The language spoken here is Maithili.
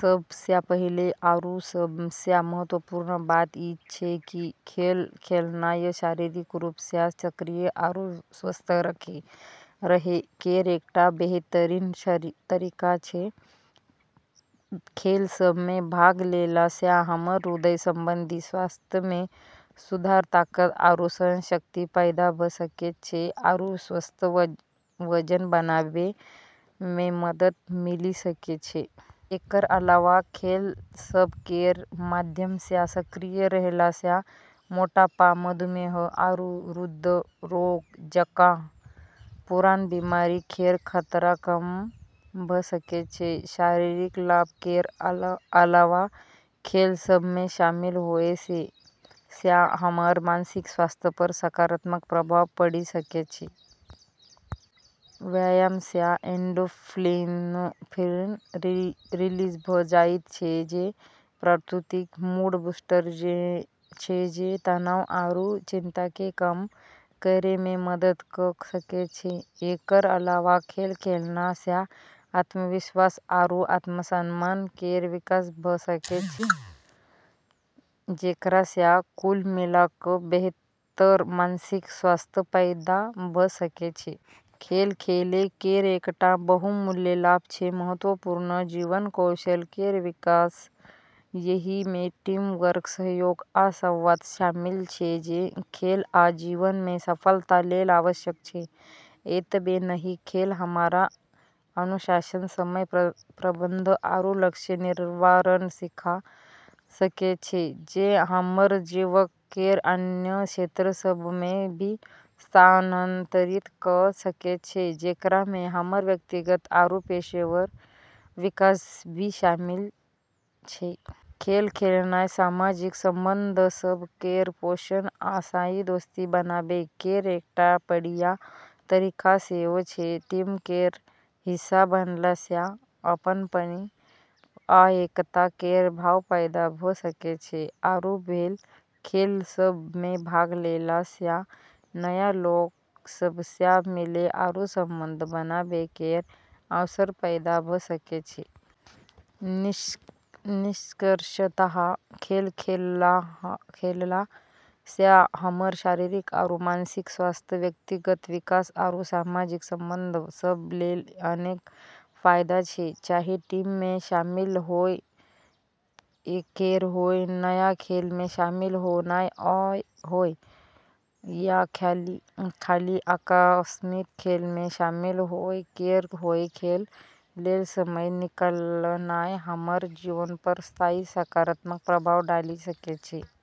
सब सँ पहिले आरू सब सँ महत्वपूर्ण बात ई छै कि खेल खेलनाय शारीरिक रूप सँ सक्रिय आरू स्वस्थ रहै केर एकटा बेहतरीन तरीका छै। खेल सभ मे भाग लेला सँ हमर हृदय संबंधी स्वास्थ्य मे सुधार, ताकत आरू सहनशक्ति पैदा भऽ सकैत छै, आरू स्वस्थ वजन बनाबै मे मदद मिलि सकैत छै। एकर अलावा खेल सभ केर माध्यम सँ सक्रिय रहला सँ मोटापा, मधुमेह, आरू हृदय रोग जकाँ पुरान बीमारी केर खतरा कम भऽ सकैत छै। शारीरिक लाभ केर अलावा खेल सभ मे शामिल होए सँ हमर मानसिक स्वास्थ्य पर सकारात्मक प्रभाव पड़ि सकैत छै। व्यायाम सँ एंडोर्फिन रिलीज भऽ जाइत छै, जे प्राकृतिक मूड-बूस्टर छै जे तनाव आरू चिंता केँ कम करै मे मदद कऽ सकैत छै। एकर अलावा खेल खेलला सँ आत्मविश्वास आरू आत्मसम्मान केर विकास भऽ सकैत छै, जेकरा सँ कुल मिला कऽ बेहतर मानसिक स्वास्थ्य पैदा भऽ सकैत छै। खेल खेलै केर एकटा बहुमूल्य लाभ छै महत्वपूर्ण जीवन कौशल केर विकास। एहि मे टीम वर्क, सहयोग, आ संवाद शामिल छै जे खेल आ जीवन मे सफलता लेल आवश्यक छै। एतबे नहि, खेल हमरा अनुशासन, समय प्रबंधन, आरू लक्ष्य निर्धारण सिखा सकैत छै, जे हमर जीवन केर अन्य क्षेत्र सभ मे भी स्थानांतरित कऽ सकैत छै, जेकरा मे हमर व्यक्तिगत आरू पेशेवर विकास भी शामिल छै। खेल खेलनाय सामाजिक संबंध सभ केर पोषण आ स्थायी दोस्ती बनाबै केर एकटा बढ़िया तरीका सेहो छै। टीम केर हिस्सा बनला सँ अपनपनि आ एकता केर भाव पैदा भऽ सकैत छै, आरू खेल सभ मे भाग लेला सँ नया लोक सभ सँ मिलै आरू संबंध बनाबै केर अवसर पैदा भऽ सकैत छै। निष्कर्षतः, खेल खेलला सँ हमर शारीरिक आरू मानसिक स्वास्थ्य, व्यक्तिगत विकास, आरू सामाजिक संबंध सभ लेल अनेक फायदा छै। चाहे टीम मे शामिल होए केर होय, नया खेल मे शामिल होनाय होय, या खाली आकस्मिक खेल मे शामिल होए केर होय, खेल लेल समय निकालनाय हमर जीवन पर स्थायी सकारात्मक प्रभाव डालि सकैत छै।